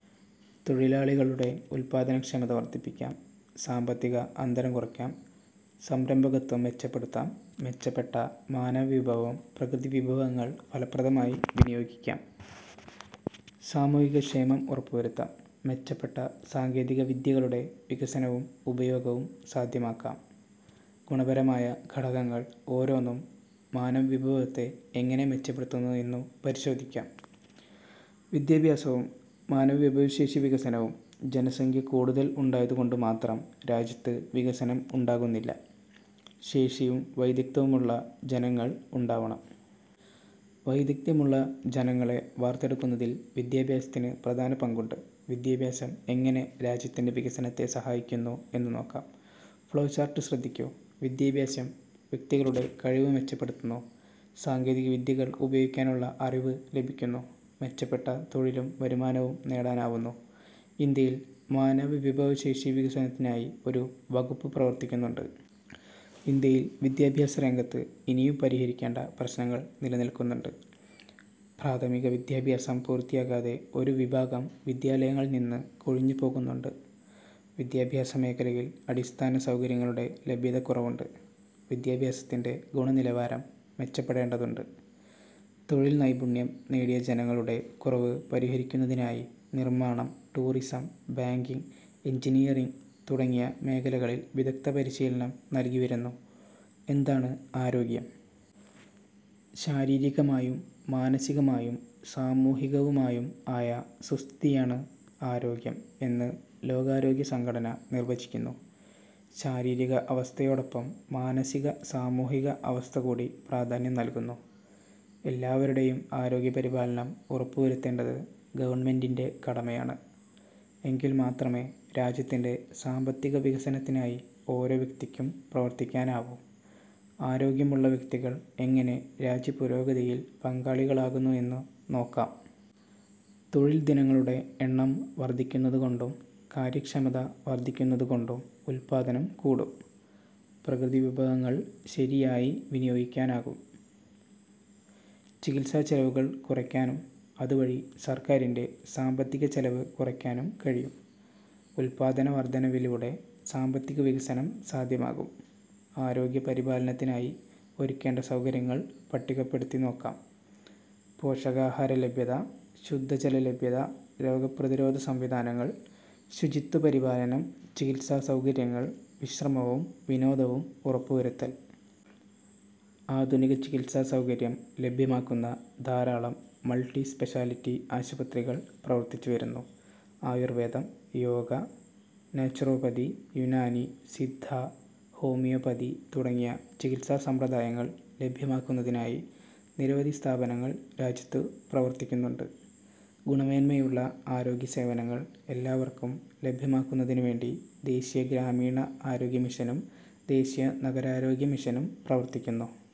തൊഴിലാളികളുടെ ഉൽപ്പാദന ക്ഷമത വർധിപ്പിക്കാം. സാമ്പത്തിക അന്തരം കുറയ്ക്കാം. സംരംഭകത്വം മെച്ചപ്പെടുത്താം. മെച്ചപ്പെട്ട മാനവ വിഭവം പ്രകൃതിവിഭവങ്ങൾ ഫലപ്രദമായി വിനിയോഗിക്കാം. സാമൂഹികക്ഷേമം ഉറപ്പുവരുത്താം. മെച്ചപ്പെട്ട സാങ്കേതികവിദ്യകളുടെ വികസനവും ഉപയോഗവും സാധ്യമാക്കാം. ഗുണപരമായ ഘടകങ്ങൾ ഓരോന്നും മാനവവിഭവത്തെ എങ്ങനെ മെച്ചപ്പെടുത്തുന്നു എന്നു പരിശോധിക്കാം. വിദ്യാഭ്യാസവും മാനവവിഭവശേഷി വികസനവും ജനസംഖ്യ കൂടുതൽ ഉണ്ടായതുകൊണ്ടുമാത്രം രാജ്യത്ത് വികസനം ഉണ്ടാകുന്നില്ല; ശേഷിയും വൈദഗ്ധ്യവുമുള്ള ജനങ്ങൾ ഉണ്ടാവണം. വൈദഗ്ധ്യമുള്ള ജനങ്ങളെ വാർത്തെടുക്കുന്നതിൽ വിദ്യാഭ്യാസത്തിന് പ്രധാന പങ്കുണ്ട്. വിദ്യാഭ്യാസം എങ്ങനെ രാജ്യത്തിന്റെ വികസനത്തെ സഹായിക്കുന്നു എന്നു നോക്കാം. ഫ്ളോചാർട്ട് ശ്രദ്ധിക്കൂ. വിദ്യാഭ്യാസം വ്യക്തികളുടെ കഴിവ് മെച്ചപ്പെടുത്തുന്നു. സാങ്കേതികവിദ്യകൾ ഉപയോഗിക്കാനുള്ള അറിവ് ലഭിക്കുന്നു. മെച്ചപ്പെട്ട തൊഴിലും വരുമാനവും നേടാനാവുന്നു. ഇന്ത്യയിൽ മാനവവിഭവശേഷി വികസനത്തിനായി ഒരു വകുപ്പ് പ്രവർത്തിക്കുന്നുണ്ട്. ഇന്ത്യയിൽ വിദ്യാഭ്യാസരംഗത്ത് ഇനിയും പരിഹരിക്കേണ്ട പ്രശ്നങ്ങൾ നിലനിൽക്കുന്നുണ്ട്. പ്രാഥമികവിദ്യാഭ്യാസം പൂർത്തിയാക്കാതെ ഒരു വിഭാഗം വിദ്യാലയങ്ങളിൽനിന്ന് കൊഴിഞ്ഞുപോകുന്നുണ്ട്. വിദ്യാഭ്യാസമേഖലയിൽ അടിസ്ഥാനസൗകര്യങ്ങളുടെ ലഭ്യതക്കുറവുണ്ട്. വിദ്യാഭ്യാസത്തിന്റെ ഗുണനിലവാരം മെച്ചപ്പെടേണ്ടതുണ്ട്. തൊഴിൽ നൈപുണ്യം നേടിയ ജനങ്ങളുടെ കുറവ് പരിഹരിക്കുന്നതിനായി നിർമാണം, ടൂറിസം, ബാങ്കിങ്, എൻജിനിയറിങ് തുടങ്ങിയ മേഖലകളിൽ വിദഗ്ധപരിശീലനം നൽകിവരുന്നു. എന്താണ് ആരോഗ്യം? ശാരീരികമായും മാനസികമായും സാമൂഹികവുമായും ആയ സുസ്ഥിതിയാണ് ആരോഗ്യം എന്ന് ലോകാരോഗ്യ സംഘടന നിർവചിക്കുന്നു. ശാരീരിക അവസ്ഥയോടൊപ്പം മാനസിക-സാമൂഹിക അവസ്ഥകൂടി പ്രാധാന്യം നൽകുന്നു. എല്ലാവരുടെയും ആരോഗ്യപരിപാലനം ഉറപ്പുവരുത്തേണ്ടത് ഗവൺമെന്റിന്റെ കടമയാണ്. എങ്കിൽ മാത്രമേ രാജ്യത്തിന്റെ സാമ്പത്തികവികസനത്തിനായി ഓരോ വ്യക്തിക്കും പ്രവർത്തിക്കാനാവൂ. ആരോഗ്യമുള്ള വ്യക്തികൾ എങ്ങനെ രാജ്യപുരോഗതിയിൽ പങ്കാളികളാകുന്നു എന്നു നോക്കാം. തൊഴിൽ ദിനങ്ങളുടെ എണ്ണം വർധിക്കുന്നതുകൊണ്ടും കാര്യക്ഷമത വർധിക്കുന്നതുകൊണ്ടും ഉൽപ്പാദനം കൂടും. പ്രകൃതിവിഭവങ്ങൾ ശരിയായി വിനിയോഗിക്കാനാവും. ചികിത്സച്ചെലവുകൾ കുറയ്ക്കാനും അതുവഴി സർക്കാരിന്റെ സാമ്പത്തികച്ചെലവ് കുറയ്ക്കാനും കഴിയും. ഉൽപ്പാദനവർധനവിലൂടെ സാമ്പത്തികവികസനം സാധ്യമാകും. ആരോഗ്യപരിപാലനത്തിനായി ഒരുക്കേണ്ട സൗകര്യങ്ങൾ പട്ടികപ്പെടുത്തി നോക്കാം. പോഷകാഹാരലഭ്യത. ശുദ്ധജലലഭ്യത. രോഗപ്രതിരോധ സംവിധാനങ്ങൾ. ശുചിത്വപരിപാലനം. ചികിത്സാസൗകര്യങ്ങൾ. വിശ്രമവും വിനോദവും ഉറപ്പുവരുത്തൽ. ആധുനിക ചികിത്സാസൗകര്യം ലഭ്യമാക്കുന്ന ധാരാളം മൾട്ടി സ്പെഷ്യാലിറ്റി ആശുപത്രികൾ പ്രവർത്തിച്ചു വരുന്നു. ആയുർവേദം, യോഗ, നാച്ചുറോപ്പതി, യുനാനി, സിദ്ധ, ഹോമിയോപ്പതി തുടങ്ങിയ ചികിത്സാസമ്പ്രദായങ്ങൾ ലഭ്യമാക്കുന്നതിനായി നിരവധി സ്ഥാപനങ്ങൾ രാജ്യത്തു പ്രവർത്തിക്കുന്നുണ്ട്. ഗുണമേന്മയുള്ള ആരോഗ്യസേവനങ്ങൾ എല്ലാവർക്കും ലഭ്യമാക്കുന്നതിനുവേണ്ടി ദേശീയ ഗ്രാമീണ ആരോഗ്യ മിഷനും ദേശീയ നഗരാരോഗ്യ മിഷനും പ്രവർത്തിക്കുന്നു.